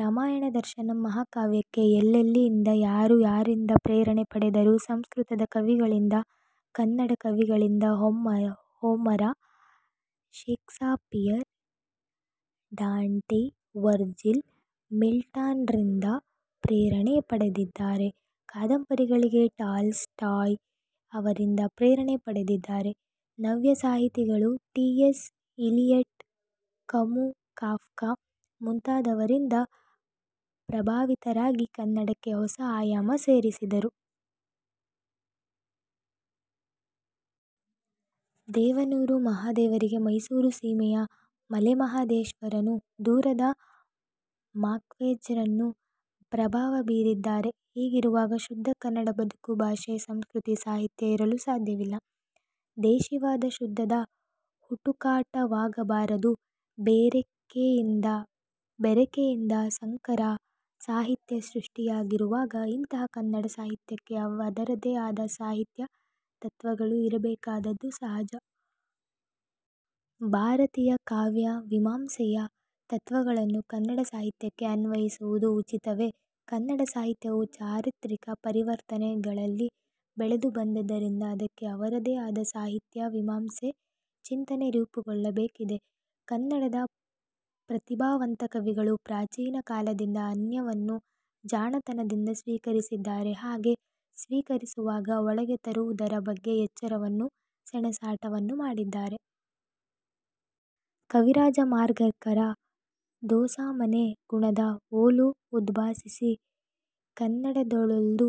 ರಾಮಾಯಣ ದರ್ಶನಂ' ಮಹಾಕಾವ್ಯಕ್ಕೆ ಎಲ್ಲೆಲ್ಲಿಯಿಂದ, ಯಾರು ಯಾರಿಂದ ಪ್ರೇರಣೆ ಪಡೆದರು? ಸಂಸ್ಕೃತದ ಕವಿಗಳಿಂದ, ಕನ್ನಡ ಕವಿಗಳಿಂದ, ಹೋಮರ, ಶೇಕ್ಸಪೀಯರ್, ಡಾಂಟೆ, ವರ್ಜಿಲ್, ಮಿಲ್ಟನ್ರಿಂದ ಪ್ರೇರಣೆ ಪಡೆದಿದ್ದಾರೆ. ಕಾದಂಬರಿಗಳಿಗೆ ಟಾಲ್ಸ್ ಟಾಯ್ ಅವರಿಂದ ಪ್ರೇರಣೆ ಪಡೆದಿದ್ದಾರೆ. ನವ್ಯ ಸಾಹಿತಿಗಳು T. S. Eliot, Camus, Kafka ಮುಂತಾದವರಿಂದ ಪ್ರಭಾವಿತರಾಗಿ ಕನ್ನಡಕ್ಕೆ ಹೊಸ ಆಯಾಮ ಸೇರಿಸಿದರು. ದೇವನೂರು ಮಹಾದೇವರಿಗೆ ಮೈಸೂರು ಸೀಮೆಯ ಮಲೆಮಹಾ ದೇಶ್ವರನೂ, ದೂರದ ಮಾರ್ಕ್ವೇಜ್ನು ಪ್ರಭಾವ ಬೀರಿದ್ದಾರೆ. ಹೀಗಿರುವಾಗ ಶುದ್ಧ ಕನ್ನಡ ಬದುಕು, ಭಾಷೆ, ಸಂಸ್ಕೃತಿ, ಸಾಹಿತ್ಯ ಇರಲು ಸಾಧ್ಯವಿಲ್ಲ. ದೇಶಿವಾದ ಶುದ್ಧದ ಹುಟುಕಾಟವಾಗಬಾರದು. ಬೆರೆಕೆಯಿಂದ ಸಂಕರ ಸಾಹಿತ್ಯ ಸೃಷ್ಠಿಯಾಗಿರುವಾಗ ಇಂಥಹ ಕನ್ನಡ ಸಾಹಿತ್ಯಕ್ಕೆ ಅದರದೇ ಆದ ಸಾಹಿತ್ಯ ತತ್ವಗಳು ಇರಬೇಕಾದದ್ದು ಸಹಜ. ಭಾರತೀಯ ಕಾವ್ಯ ಮೀಮಾಂಸೆಯ ತತ್ವಗಳನ್ನು ಕನ್ನಡ ಸಾಹಿತ್ಯಕ್ಕೆ ಅನ್ವಯಿಸುವುದು ಉಚಿತವೇ? ಕನ್ನಡ ಸಾಹಿತ್ಯವು ಚಾರಿತ್ರಿಕ ಪರಿವರ್ತನೆಗಳಲ್ಲಿ ಬೆಳೆದು ಬಂದದ್ದರಿಂದ ಅದಕ್ಕೆ ಅವರದೇ ಆದ ಸಾಹಿತ್ಯ ಮೀಮಾಂಸೆ ಚಿಂತನೆ ರೂಪುಗೊಳ್ಳಬೇಕಿದೆ. ಕನ್ನಡದ ಪ್ರತಿಭಾವಂತ ಕವಿಗಳು ಪ್ರಾಚೀನ ಕಾಲದಿಂದ ಅನ್ಯವನ್ನು ಜಾಣತನದಿಂದ ಸ್ವೀಕರಿಸಿದ್ದಾರೆ. ಹಾಗೆ ಸ್ವೀಕರಿಸುವಾಗ, ಒಳಗೆ ತರುವುದರ ಬಗ್ಗೆ ಎಚ್ಚರವನ್ನು, ಸೆಣಸಾಟ ವನ್ನು ಮಾಡಿದ್ದಾರೆ. ಕವಿರಾಜಮಾರ್ಗಕಾರ 'ದೋಸಮನೆ ಗುಣದ ವೊಲು ಉದ್ಭಾಸಿಸಿ, ಕನ್ನಡದೊಳೊಲ್ದು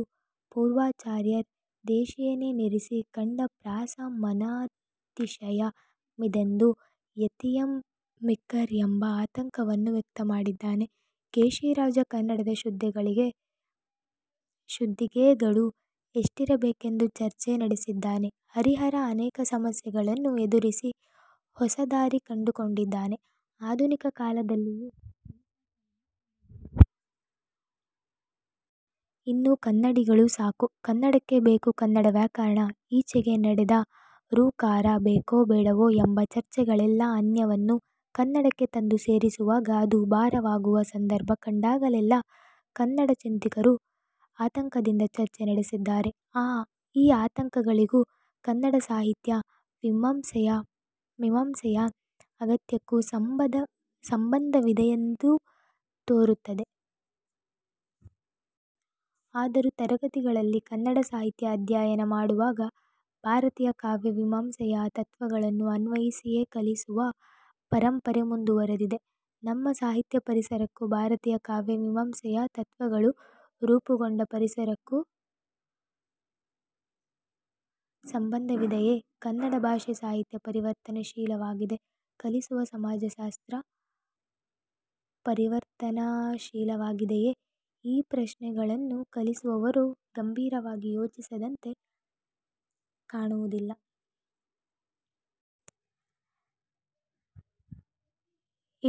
ಪೂರ್ವಾಚಾರ್ಯರ್, ದೇಶಿಯೆನೆ ನಿರಿಸಿ, ಖಂಡ ಪ್ರಾಸಮನತಿಶಯ ಮಿದೆಂದು ಯತಿಯಂ ಮಿಕ್ಕರ್' ಎಂಬ ಆತಂಕವನ್ನು ವ್ಯಕ್ತಮಾಡಿದ್ದಾನೆ. ಕೇಶಿರಾಜ ಕನ್ನಡದ ಶುದ್ಧಗೆಗಳು ಎಷ್ಟಿರಬೇಕೆಂದು ಚರ್ಚೆ ನಡೆಸಿದ್ದಾನೆ. ಹರಿಹರ ಅನೇಕ ಸಮಸ್ಯೆಗಳನ್ನು ಎದುರುಸಿ ಹೊಸ ದಾರಿ ಕಂಡುಕೊಂಡಿದ್ದಾನೆ. ಆಧುನಿಕ ಕಾಲದಲ್ಲಿಯೂ ಸೆಣಸಾಟವನ್ನು ನೋಡಬಹುದು. ಇನ್ನು ಕನ್ನಡಿಗಳು ಸಾಕು, ಕನ್ನಡಕ್ಕೆ ಬೇಕು ಕನ್ನಡ ವ್ಯಾಕರಣ, ಈಚೆಗೆ ನಡೆದ 'ಋ' ಕಾರ ಬೇಕೋ ಬೇಡವೋ ಎಂಬ ಚರ್ಚೆಗಳೆಲ್ಲ ಅನ್ಯವನ್ನು ಕನ್ನಡಕ್ಕೆ ತಂದು ಸೇರಿಸುವಾಗ ಅದು ಭಾರವಾಗುವ ಸಂದರ್ಭ ಕಂಡಾಗಲೆಲ್ಲ ಕನ್ನಡ ಚಿಂತಕರು ಆತಂಕದಿಂದ ಚರ್ಚೆ ನಡೆಸಿದ್ದಾರೆ. ಈ ಆತಂಕಗಳಿಗೂ ಕನ್ನಡ ಸಾಹಿತ್ಯ ಮೀಮಾಂಸೆಯ ಅಗತ್ಯಕ್ಕೂ ಸಂಬಧವಿದೆಯೆಂದು ತೋರುತ್ತದೆ. ಆದರೂ ತರಗತಿಗಳಲ್ಲಿ ಕನ್ನಡ ಸಾಹಿತ್ಯ ಅಧ್ಯಯನ ಮಾಡುವಾಗ ಭಾರತೀಯ ಕಾವ್ಯ ಮೀಮಾಂಸೆಯ ತತ್ವಗಳನ್ನು ಅನ್ವಯಿಸಿಯೇ ಕಲಿಸುವ ಪರಂಪರೆ ಮುಂದುವರೆದಿದೆ. ನಮ್ಮ ಸಾಹಿತ್ಯ ಪರಿಸರಕ್ಕೂ, ಭಾರತೀಯ ಕಾವ್ಯ ಮೀಮಾಂಸೆಯ ತತ್ವಗಳು ರೂಪುಗೊಂಡ ಪರಿಸರಕ್ಕೂ ಸಂಬಂಧವಿದೆಯೇ? ಕನ್ನಡ ಭಾಷೆ, ಸಾಹಿತ್ಯ ಪರಿವರ್ತನಶೀಲವಾಗಿದೆ. ಕಲಿಸುವ ಸಮಾಜಶಾಸ್ತ್ರ ಪರಿವರ್ತನಶೀಲವಾಗಿದೆಯೇ? ಈ ಪ್ರಶ್ನೆಗಳನ್ನು ಕಲಿಸುವವರು ಗಂಭೀರವಾಗಿ ಯೋಚಿಸಿದಂತೆ ಕಾಣುವುದಿಲ್ಲ.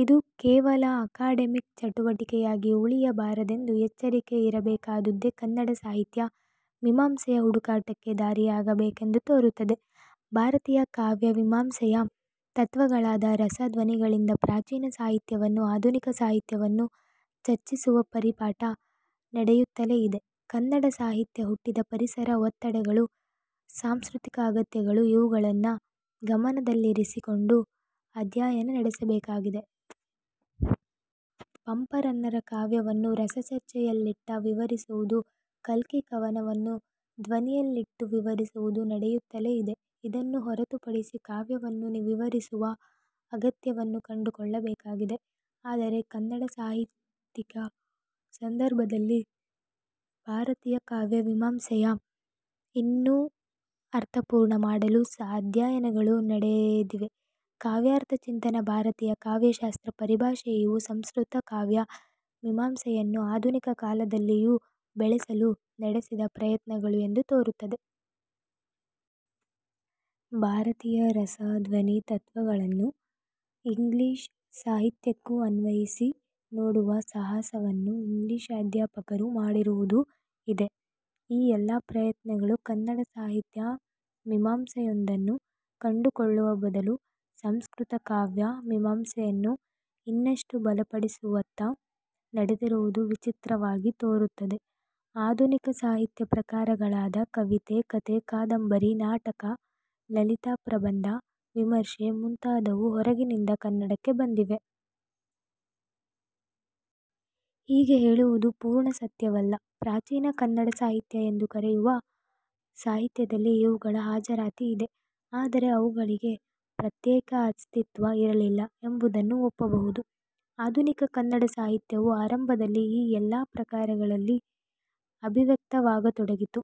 ಇದು ಕೇವಲ ಅಕಡೆಮಿಕ್ ಚಟುವಟಿಕೆಯಾಗಿ ಉಳಿಯ ಬಾರದೆಂದು ಎಚ್ಚರಿಕೆ ಇರಬೇಕಾದುದ್ದೇ ಕನ್ನಡ ಸಾಹಿತ್ಯ ಮೀಮಾಂಸೆಯ ಹುಡುಕಾಟಕ್ಕೆ ದಾರಿಯಾಗಬೇಕೆಂದು ತೋರುತ್ತದೆ. ಭಾರತೀಯ ಕಾವ್ಯ ಮೀಮಾಂಸೆಯ ತತ್ವಗಳಾದ ರಸ, ಧ್ವನಿಗಳಿಂದ ಪ್ರಾಚೀನ ಸಾಹಿತ್ಯ ವನ್ನು, ಆಧುನಿಕ ಸಾಹಿತ್ಯವನ್ನು ಚರ್ಚಿಸುವ ಪರಿಪಾಠ ನಡೆಯುತ್ತಲೇ ಇದೆ. ಕನ್ನಡ ಸಾಹಿತ್ಯ ಹುಟ್ಟಿದ ಪರಿಸರ, ಒತ್ತಡಗಳು, ಸಾಂಸ್ಕೃತಿಕ ಅಗತ್ಯಗಳು ಇವುಗಳನ್ನು ಗಮನದಲ್ಲಿರಿಸಿ ಕೊಂಡು ಅಧ್ಯಯನ ನಡೆಯಬೇಕಾಗಿದೆ. ಪಂಪ, ರನ್ನರ ಕಾವ್ಯವನ್ನು ರಸ ಚರ್ಚೆಯಲ್ಲಿಟ್ಟು ವಿವರಿಸುವುದು, ಕಲ್ಕಿ ಕವನವನ್ನು ಧ್ವನಿಯಲ್ಲಿಟ್ಟು ವಿವರಿಸುವುದು ನಡೆಯುತ್ತಲೇ ಇದೆ. ಇದನ್ನು ಹೊರತು ಪಡಿಸಿ ಕಾವ್ಯವನ್ನು ವಿವರಿಸುವ ಅಗತ್ಯವನ್ನು ಕಂಡುಕೊಳ್ಳಬೇಕಾಗಿದೆ. ಆದರೆ ಕನ್ನಡ ಸಾಹಿತ್ಯಿಕ ಸಂದರ್ಭದಲ್ಲಿ ಭಾರತೀಯ ಕಾವ್ಯ ಮೀಮಾಂಸೆಯನ್ನು ಇನ್ನೂ ಅರ್ಥಪೂರ್ಣ ಮಾಡಲು ಅಧ್ಯಯನಗಳು ನಡೆದಿವೆ. ಕಾವ್ಯಾರ್ಥ ಚಿಂತನ ಭಾರತೀಯ ಕಾವ್ಯಶಾಸ್ತ್ರ ಪರಿಭಾಷೆ ಇವು ಸಂಸ್ಕೃತ ಕಾವ್ಯ ಮೀಮಾಂಸೆಯನ್ನು ಆಧುನಿಕ ಕಾಲದಲ್ಲಿಯೂ ಬೆಳೆಸಲು ನೆಡೆಸಿದ ಪ್ರಯತ್ನ ಗಳು ಎಂದು ತೋರುತ್ತದೆ. ಭಾರತೀಯ ರಸ, ಧ್ವನಿ, ತತ್ವಗಳನ್ನು ಇಂಗ್ಲಿಶ್ ಸಾಹಿತ್ಯಕ್ಕೂ ಅನ್ವಯಿಸಿ ನೋಡುವ ಸಾಹಸವನ್ನು ಇಂಗ್ಲಿಶ್ ಅಧ್ಯಾಪಕರು ಮಾಡಿರುವುದೂ ಇದೆ. ಈ ಎಲ್ಲ ಪ್ರಯತ್ನಗಳು ಕನ್ನಡ ಸಾಹಿತ್ಯ ಮೀಮಾಂಸೆಯೊಂದನ್ನು ಕಂಡುಕೊಳ್ಳುವ ಬದಲು ಸಂಸ್ಕೃತ ಕಾವ್ಯ ಮೀಮಾಂಸೆಯನ್ನು ಇನ್ನಷ್ಟು ಬಲಪಡಿಸುವತ್ತ ನಡೆದಿರುವುದು ವಿಚಿತ್ರವಾಗಿ ತೋರುತ್ತದೆ. ಆಧುನಿಕ ಸಾಹಿತ್ಯ ಪ್ರಕಾರಗಳಾದ ಕವಿತೆ, ಕಥೆ, ಕಾದಂಬರಿ, ನಾಟಕ, ಲಲಿತಪ್ರಬಂಧ, ವಿಮರ್ಶೆ ಮುಂತಾದವು ಹೊರಗಿನಿಂದ ಕನ್ನಡಕ್ಕೆ ಬಂದಿವೆ. ಹೀಗೆ ಹೇಳುವುದು ಪೂರ್ಣ ಸತ್ಯವಲ್ಲ. ಪ್ರಾಚೀನ ಕನ್ನಡ ಸಾಹಿತ್ಯ ಎಂದು ಕರೆಯುವ ಸಾಹಿತ್ಯದಲ್ಲಿ ಇವುಗಳ ಹಾಜರಾತಿ ಇದೆ. ಆದರೆ ಅವುಗಳಿಗೆ ಪ್ರತ್ಯೇಕ ಅಸ್ತಿತ್ವ ಇರಲಿಲ್ಲ ಎಂಬುದನ್ನು ಒಪ್ಪಬಹುದು. ಆಧುನಿಕ ಕನ್ನಡ ಸಾಹಿತ್ಯವು ಆರಂಭದಲ್ಲಿ ಈ ಎಲ್ಲ ಪ್ರಕಾರಗಳಲ್ಲಿ ಅಭಿವ್ಯಕ್ತವಾಗತೊಡಗಿತು.